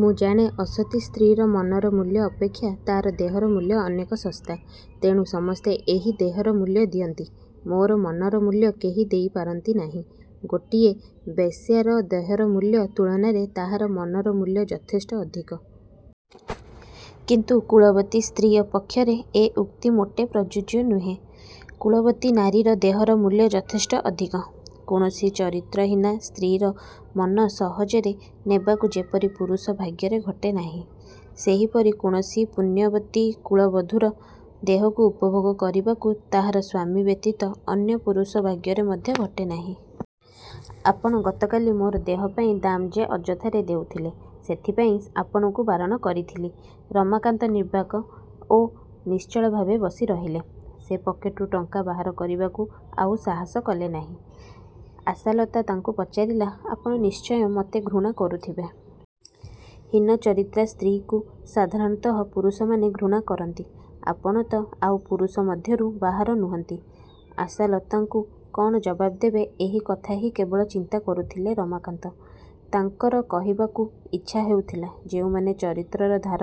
ମୁଁ ଜାଣେ ଅସତୀ ସ୍ତ୍ରୀର ମନର ମୂଲ୍ୟ ଅପେକ୍ଷା ତା'ର ଦେହର ମୂଲ୍ୟ ଅନେକ ଶସ୍ତା। ତେଣୁ ସମସ୍ତେ ଏହି ଦେହର ମୂଲ୍ୟ ଦିଅନ୍ତି। ମୋର ମନର ମୂଲ୍ୟ କେହି ଦେଇ ପାରନ୍ତି ନାହିଁ। ଗୋଟିଏ ବେଶ୍ୟାର ଦେହର ମୂଲ୍ୟ ତୁଳନାରେ ତାହାର ମନର ମୂଲ୍ୟ ଯଥେଷ୍ଟ ଅଧିକ-। କିନ୍ତୁ କୁଳବତୀ ସ୍ତ୍ରୀ ପକ୍ଷରେ ଏ ଉକ୍ତି ମୋଟେ ପ୍ରଯୋଜ୍ୟ ନୁହେଁ। କୁଳବତୀ ନାରୀର ଦେହର ମୂଲ୍ୟ ଯଥେଷ୍ଟ ଅଧିକ। କୌଣସି ଚରିତ୍ରହୀନା ସ୍ତ୍ରୀର ମନ ସହଜରେ ନେବାକୁ ଯେପରି ପୁରୁଷ ଭାଗ୍ୟରେ ଘଟେ ନାହିଁ, ସେହିପରି କୌଣସି ପୁଣ୍ୟବତୀ କୁଳବଧୂର ଦେହକୁ ଉପଭୋଗ କରିବାକୁ ତାହାର ସ୍ୱାମୀ ବ୍ୟତୀତ ଅନ୍ୟ ପୁରୁଷ ଭାଗ୍ୟରେ ମଧ୍ୟ ଘଟେ ନାହିଁ। ଆପଣ ଗତକାଲି ମୋର ଦେହ ପାଇଁ ଦାମ ଯେ ଅଯଥାରେ ଦେଉଥିଲେ ସେଥିପାଇଁ ଆପଣଙ୍କୁ ବାରଣ କରିଥିଲି। '' ରମାକାନ୍ତ ନିର୍ବାକ୍ ଓ ନିଶ୍ଚଳଭାବେ ବସିରହିଲେ। ସେ ପକେଟରୁ ଟଙ୍କା ବାହାର କରିବାକୁ ଆଉ ସାହାସ କଲେ ନାହିଁ। ଆଶାଲତା ତାଙ୍କୁ ପଚାରିଲା, ''ଆପଣ ନିଶ୍ଚୟ ମୋତେ ଘୃଣା କରୁଥିବେ? ହୀନଚରିତ୍ରା ସ୍ତ୍ରୀକୁ ସାଧାରଣତଃ ପୁରୁଷମାନେ ଘୃଣା କରନ୍ତି। ଆପଣ ତ ଆଉ ପୁରୁଷ ମଧ୍ୟରୁ ବାହାର ନୁହନ୍ତି। '' ଆଶାଲତାକୁ କ'ଣ ଜବାବ୍ ଦେବେ ଏହି କଥା ହିଁ କେବଳ ଚିନ୍ତା କରୁଥିଲେ ରମାକାନ୍ତ। ତାଙ୍କର କହିବାକୁ ଇଚ୍ଛା ହେଉଥିଲା, ଯେଉଁମାନେ ଚରିତ୍ରର ଧାର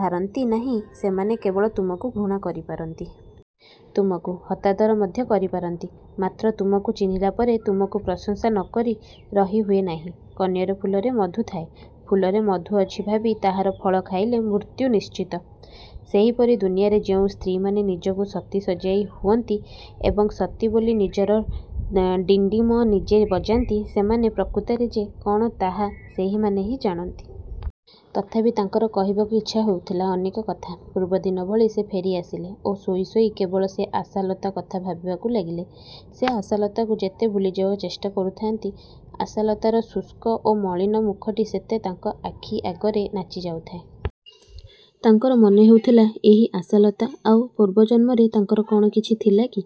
ଧାରନ୍ତି ନାହିଁ, ସେମାନେ କେବଳ ତୁମକୁ ଘୃଣା କରିପାରନ୍ତି। ତୁମକୁ। ହତାଦର ମଧ୍ୟ କରିପାରନ୍ତି। ମାତ୍ର ତୁମକୁ ଚିହ୍ନିଲା ପରେ ତୁମକୁ ପ୍ରଶଂସା ନ କରି ରହିହୁଏ ନାହିଁ। କନିଅର ଫୁଲରେ ମଧୁ ଥାଏ ଫୁଲରେ ମଧୁ ଅଛି ଭାବି ତାହାର ଫଳ ଖାଇଲେ ମୃତ୍ୟୁ ନିଶ୍ଚିତ। ସେହିପରି ଦୁନିଆରେ ଯେଉଁ ସ୍ତ୍ରୀମାନେ ନିଜକୁ ସତୀ ସଜାଇ ହୁଅନ୍ତି ଏବଂ ସତୀ ବୋଲି ନିଜର ଡିଣ୍ଡିମ ନିଜେ ବଜାନ୍ତି ସେମାନେ ପ୍ରକୃତରେ ଯେ କ'ଣ ତାହା ସେହିମାନେ ହିଁ ଜାଣନ୍ତି। ତଥାପି ତାଙ୍କର କହିବାକୁ ଇଚ୍ଛା ହେଉଥିଲା ଅନେକ କଥା। ପୂର୍ବଦିନ ଭଳି ସେ ଫେରିଆସିଲେ ଓ ଶୋଇ ଶୋଇ କେବଳ ସେ ଆଶାଲତା କଥା ଭାବିବାକୁ ଲାଗିଲେ। ସେ ଆଶାଲତାକୁ ଯେତେ ଭୁଲିଯିବାକୁ ଚେଷ୍ଟା କରୁଥାନ୍ତି, ଆଶାଲତାର ଶୁଷ୍କ ଓ ମଳିନ ମୁଖଟି ସେତେ ତାଙ୍କ ଆଖି ଆଗରେ ନାଚିଯାଉଥାଏ। ତାଙ୍କର ମନେହେଉଥିଲା ଏହି ଆଶାଲତା ଆଉ ପୂର୍ବଜନ୍ମରେ ତାଙ୍କର କ'ଣ କିଛି ଥିଲା କି?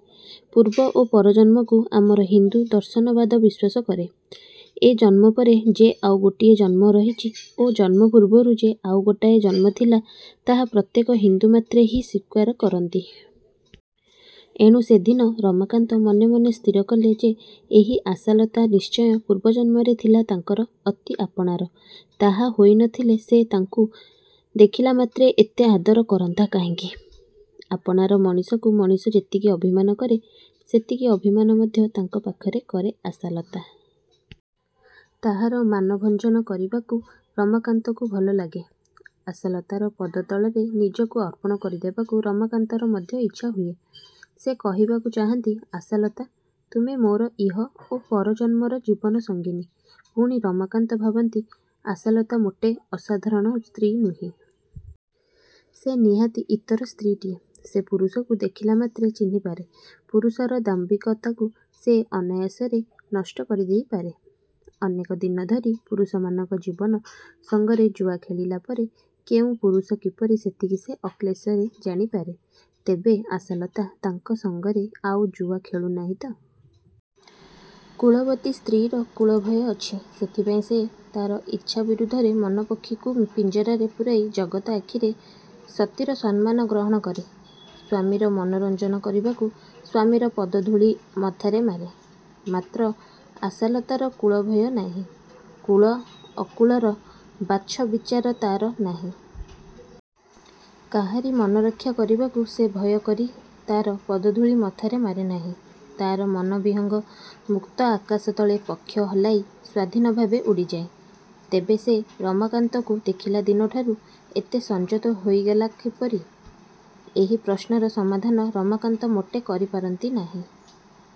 ପୂର୍ବ ଓ ପରଜନ୍ମକୁ ଆମର ହିନ୍ଦୁ ଦର୍ଶନବାଦ ବିଶ୍ୱାସ କରେ। ଏ ଜନ୍ମ ପରେ ଯେ ଆଉ ଗୋଟିଏ ଜନ୍ମ ରହିଛି ଓ ଜନ୍ମ ପୂର୍ବରୁ ଯେ ଆଉ ଗୋଟାଏ ଜନ୍ମଥିଲା, ତାହା ପ୍ରତ୍ୟେକ ହିନ୍ଦୁମାତ୍ରେ ହିଁ ସ୍ଵୀକାର କରନ୍ତି। ଏଣୁ ସେଦିନ ରମାକାନ୍ତ ମନେମନେ ସ୍ଥିରକଲେ ଯେ ଏହି ଆଶାଲତା ନିଶ୍ଚୟ ପୂର୍ବ ଜନ୍ମରେ ଥିଲା ତାଙ୍କର ଅତି ଆପଣାର। ତାହା ହୋଇନଥିଲେ ସେ ତାଙ୍କୁ ଦେଖିଲା ମାତ୍ରେ ଏତେ ଆଦର କରନ୍ତା କାହିଁକି? ଆପଣାର ମଣିଷକୁ ମଣିଷ ଯେତିକି ଅଭିମାନ କରେ ସେତିକି ଅଭିମାନ ମଧ୍ୟ ତାଙ୍କ ପାଖରେ କରେ ଆଶାଲତା। ତାହାର ମାନଭଞ୍ଜନ କରିବାକୁ ରମାକାନ୍ତକୁ ଭଲଲାଗେ। ଆଶାଲତାର ପଦତଳରେ ନିଜକୁ ଅର୍ପଣ କରିଦେବାକୁ ରମାକାନ୍ତର ମଧ୍ୟ ଇଚ୍ଛାହୁଏ। ସେ କହିବାକୁ ଚାହାଁନ୍ତି, ଆଶାଲତା! ତୁମେ ମୋର ଇହ ଓ ପର ଜନ୍ମର 'ଜୀବନ ସଙ୍ଗିନୀ। ' ପୁଣି ରମାକାନ୍ତ ଭାବନ୍ତି ଆଶାଲତା ମୋଟେ ଅସାଧାରଣ ସ୍ତ୍ରୀ ନୁହେଁ। ସେ ନିହାତି ଇତର ସ୍ତ୍ରୀଟିଏ। ସେ ପୁରୁଷକୁ ଦେଖିଲା ମାତ୍ରେ ଚିହ୍ନିପାରେ। ପୁରୁଷର ଦାମ୍ଭିକତାକୁ ସେ ଅନାୟାସରେ ନଷ୍ଟ କରିଦେଇପାରେ। ଅନେକ ଦିନ ଧରି ପୁରୁଷମାନଙ୍କ ଜୀବନ ସଙ୍ଗରେ ଜୁଆ ଖେଳିଲା ପରେ କେଉଁ ପୁରୁଷ କିପରି ସେତିକି ସେ ଅକ୍ଳେଶରେ ଜାଣିପାରେ। ତେବେ ଆଶାଲତା ତାଙ୍କ ସଙ୍ଗରେ ଆଉ ଜୁଆ ଖେଳୁନାହିଁ ତ? କୁଳବତୀ ସ୍ତ୍ରୀର କୁଳଭୟ ଅଛି। ସେଥିପାଇଁ ସେ ତା'ର ଇଚ୍ଛା ବିରୁଦ୍ଧରେ ମନପକ୍ଷୀକୁ ପିଞ୍ଜରାରେ ପୂରାଇ ଜଗତ ଆଖିରେ ସତୀର ସମ୍ମାନ ଗ୍ରହଣ କରେ। ସ୍ୱାମୀର ମନୋରଞ୍ଜନ କରିବାକୁ ସ୍ୱାମୀର ପଦଧୂଳି ମଥାରେ ମାରେ। ମାତ୍ର ଆଶାଲତାର କୁଳଭୟ ନାହିଁ। କୁଳ, ଅକୁଳର ବାଛବିଚାର ତା'ର ନାହିଁ। କାହାରି ମନରକ୍ଷା କରିବାକୁ ସେ ଭୟକରି ତା'ର ପଦଧୂଳି ମଥାରେ ମାରେନାହିଁ। ତା'ର ମନବିହଙ୍ଗ ମୁକ୍ତ ଆକାଶ ତଳେ ପକ୍ଷ ହଲାଇ ସ୍ୱାଧୀନ ଭାବେ ଉଡ଼ିଯାଏ। ତେବେ ସେ ରମାକାନ୍ତକୁ ଦେଖିଲା ଦିନଠାରୁ ଏତେ ସଂଯତ ହୋଇଗଲା କିପରି? ଏହି ପ୍ରଶ୍ନର ସମାଧାନ ରମାକାନ୍ତ ମୋଟେ କରିପାରନ୍ତି ନାହିଁ।